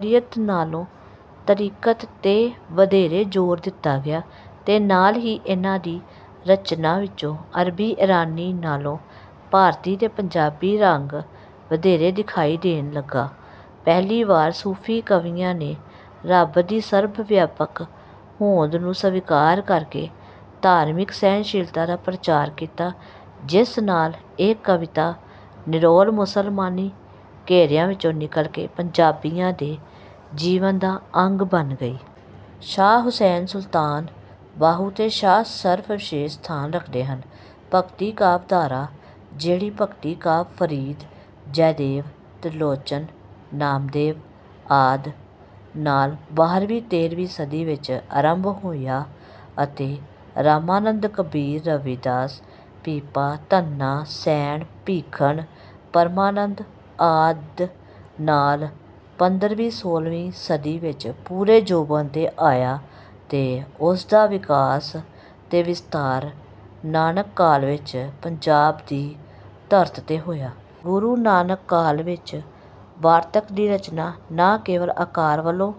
ਸ਼ਰੀਅਤ ਨਾਲੋਂ ਤਰੀਕਤ 'ਤੇ ਵਧੇਰੇ ਜ਼ੋਰ ਦਿੱਤਾ ਗਿਆ ਤੇ ਨਾਲ ਹੀ ਇਨ੍ਹਾਂ ਦੀ ਰਚਨਾ ਵਿੱਚੋਂ ਅਰਬੀ-ਈਰਾਨੀ ਨਾਲੋਂ ਭਾਰਤੀ ਤੇ ਪੰਜਾਬੀ ਰੰਗ ਵਧੇਰੇ ਦਿਖਾਈ ਦੇਣ ਲੱਗਾ। ਪਹਿਲੀ ਵਾਰ ਸੂਫ਼ੀ ਕਵੀਆਂ ਨੇ ਰੱਬ ਦੀ ਸਰਬ-ਵਿਆਪਕ ਹੋਂਦ ਨੂੰ ਸਵੀਕਾਰ ਕਰਕੇ ਧਾਰਮਿਕ ਸਹਿਣ-ਸ਼ੀਲਤਾ ਦਾ ਪ੍ਰਚਾਰ ਕੀਤਾ, ਜਿਸ ਨਾਲ ਇਹ ਕਵਿਤਾ ਨਿਰੋਲ ਮੁਸਲਮਾਨੀ ਘੇਰਿਆਂ ਵਿੱਚੋਂ ਨਿਕਲ ਕੇ ਪੰਜਾਬੀਆਂ ਦੇ ਜੀਵਨ ਦਾ ਅੰਗ ਬਣ ਗਈ। ਸ਼ਾਹ ਹੁਸੈਨ, ਸੁਲਤਾਨ ਬਾਹੂ ਤੇ ਸ਼ਾਹ ਸ਼ਰਫ਼ ਵਿਸ਼ੇਸ਼ ਸਥਾਨ ਰੱਖਦੇ ਹਨ। ਭਗਤੀ ਕਾਵਿ ਧਾਰਾ: ਜਿਹੜਾ ਭਗਤੀ ਕਾਵਿ ਫਰੀਦ, ਜੈਦੇਵ, ਤ੍ਰਿਲੋਚਨ, ਨਾਮਦੇਵ ਆਦਿ ਨਾਲ ਬਾਰ੍ਹਵੀਂ-ਤੇਰ੍ਹਵੀਂ ਸਦੀ ਵਿੱਚ ਆਰੰਭ ਹੋਇਆ ਅਤੇ ਰਾਮਾਨੰਦ, ਕਬੀਰ, ਰਵਿਦਾਸ, ਪੀਪਾ, ਧੰਨਾ, ਸੈਣ, ਭੀਖਨ, ਪਰਮਾਨੰਦ ਆਦਿ ਨਾਲ ਪੰਦਰਵੀਂ-ਸੋਲ੍ਹਵੀਂ ਸਦੀ ਵਿੱਚ ਪੂਰੇ ਜੋਬਨ 'ਤੇ ਆਇਆ, ਤੇ ਉਸ ਦਾ ਵਿਕਾਸ ਤੇ ਵਿਸਥਾਰ ਨਾਨਕ ਕਾਲ ਵਿੱਚ ਪੰਜਾਬ ਦੀ ਧਰਤ 'ਤੇ ਹੋਇਆ। ਗੁਰੂ ਨਾਨਕ ਕਾਲ ਵਿੱਚ ਵਾਰਤਕ ਦੀ ਰਚਨਾ ਨਾ ਕੇਵਲ ਆਕਾਰ ਵੱਲੋਂ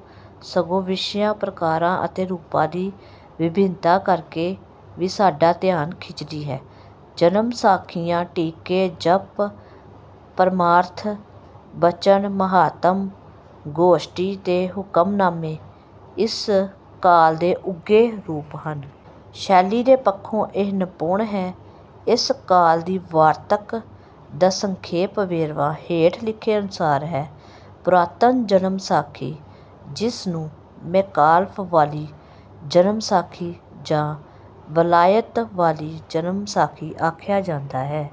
ਸਗੋਂ ਵਿਸ਼ਿਆਂ, ਪ੍ਰਕਾਰਾਂ ਅਤੇ ਰੂਪਾਂ ਦੀ ਵਿਭਿੰਨਤਾ ਕਰਕੇ ਵੀ ਸਾਡਾ ਧਿਆਨ ਖਿੱਚਦੀ ਹੈ। ਜਨਮ ਸਾਖੀਆਂ, ਟੀਕੇ, ਜਪੁ, ਪਰਮਾਰਥ, ਬਚਨ, ਮਹਾਤਮ, ਗੋਸ਼ਟੀ ਤੇ ਹੁਕਮਨਾਮੇ ਇਸ ਕਾਲ ਦੇ ਉੱਘੇ ਰੂਪ ਹਨ। ਸ਼ੈਲੀ ਦੇ ਪੱਖੋਂ ਇਹ ਨਿਪੁੰਨ ਹੈ। ਇਸ ਕਾਲ ਦੀ ਵਾਰਤਕ ਦਾ ਸੰਖੇਪ ਵੇਰਵਾ ਹੇਠ ਲਿਖੇ ਅਨੁਸਾਰ ਹੈ: ਪੁਰਾਤਨ ਜਨਮ ਸਾਖੀ, ਜਿਸ ਨੂੰ ਮੈਕਾਲਫ਼ ਵਾਲੀ ਜਨਮ ਸਾਖੀ ਜਾਂ ਵਲਾਇਤ ਵਾਲੀ ਜਨਮ ਸਾਖੀ ਆਖਿਆ ਜਾਂਦਾ ਹੈ।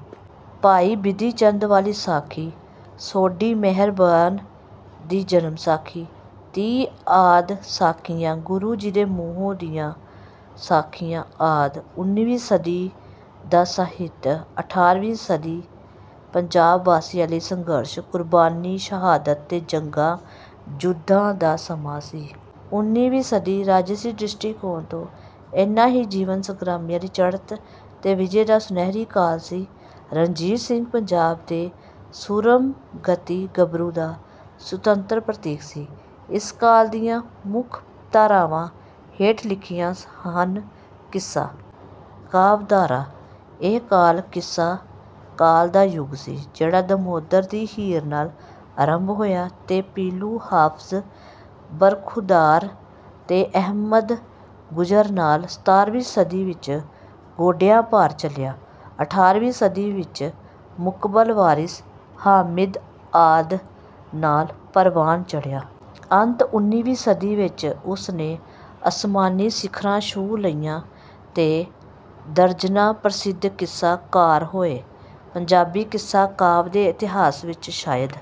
ਭਾਈ ਬਿਧੀ ਚੰਦ ਵਾਲੀ ਸਾਖੀ। ਸੋਢੀ ਮਿਹਰਬਾਨ ਦੀ ਜਨਮ ਸਾਖੀ। ਤੀਹ ਆਦਿ ਸਾਖੀਆਂ। ਗੁਰੂ ਜੀ ਦੇ ਮੂੰਹੋਂ ਦੀਆਂ ਸਾਖੀਆਂ ਆਦਿ। ਉਨੀਵੀਂ ਸਦੀ ਦਾ ਸਾਹਿਤ: ਅਠਾਰ੍ਹਵੀਂ ਸਦੀ ਪੰਜਾਬ ਵਾਸੀਆਂ ਲਈ ਸੰਘਰਸ਼, ਕੁਰਬਾਨੀ, ਸ਼ਹਾਦਤ ਤੇ ਜੰਗਾਂ-ਯੁੱਧਾਂ ਦਾ ਸਮਾਂ ਸੀ। ਉਨੀਵੀਂ ਸਦੀ ਰਾਜਸੀ ਦ੍ਰਿਸ਼ਟੀਕੋਣ ਤੋਂ ਇਨ੍ਹਾਂ ਹੀ ਜੀਵਨ-ਸੰਗ੍ਰਾਮੀਆਂ ਦੀ ਚੜ੍ਹਤ ਤੇ ਵਿਜੈ ਦਾ ਸੁਨਹਿਰੀ ਕਾਲ ਸੀ। ਰਣਜੀਤ ਸਿੰਘ ਪੰਜਾਬ ਦੇ ਸੂਰਮਗਤੀ ਗੱਭਰੂ ਦਾ ਸਤੁੰਤਰ ਪ੍ਰਤੀਕ ਸੀ। ਇਸ ਕਾਲ ਦੀਆਂ ਮੁੱਖ ਧਾਰਾਵਾਂ ਹੇਠ ਲਿਖੀਆਂ ਹਨ। ਕਿੱਸਾ ਕਾਵਿ ਧਾਰਾ: ਇਹ ਕਾਲ ਕਿੱਸਾ ਕਾਲ ਦਾ ਯੁੱਗ ਸੀ। ਜਿਹੜਾ ਦਮੋਦਰ ਦੀ ਹੀਰ ਨਾਲ ਆਰੰਭ ਹੋਇਆ ਤੇ ਪੀਲੂ, ਹਾਫ਼ਜ਼ ਬਰਖ਼ੁਰਦਾਰ ਤੇ ਅਹਿਮਦ ਗੁੱਜਰ ਨਾਲ ਸਤਾਰ੍ਹਵੀਂ ਸਦੀ ਵਿੱਚ ਗੋਡਿਆਂ-ਭਾਰ ਚੱਲਿਆ। ਅਠਾਰ੍ਹਵੀਂ ਸਦੀ ਵਿੱਚ ਮੁਕਬਲ, ਵਾਰਿਸ, ਹਾਮਿਦ ਆਦਿ ਨਾਲ ਪਰਵਾਨ ਚੜ੍ਹਿਆ। ਅੰਤ ਉਨੀਵੀਂ ਸਦੀ ਵਿੱਚ ਉਸ ਨੇ ਅਸਮਾਨੀ ਸਿਖਰਾਂ ਛੁਹ ਲਈਆਂ ਤੇ ਦਰਜਨਾਂ ਪ੍ਰਸਿੱਧ ਕਿੱਸਾ-ਕਾਰ ਹੋਏ। ਪੰਜਾਬੀ ਕਿੱਸਾ ਕਾਵਿ ਦੇ ਇਤਿਹਾਸ ਵਿੱਚ ਸ਼ਾਇਦ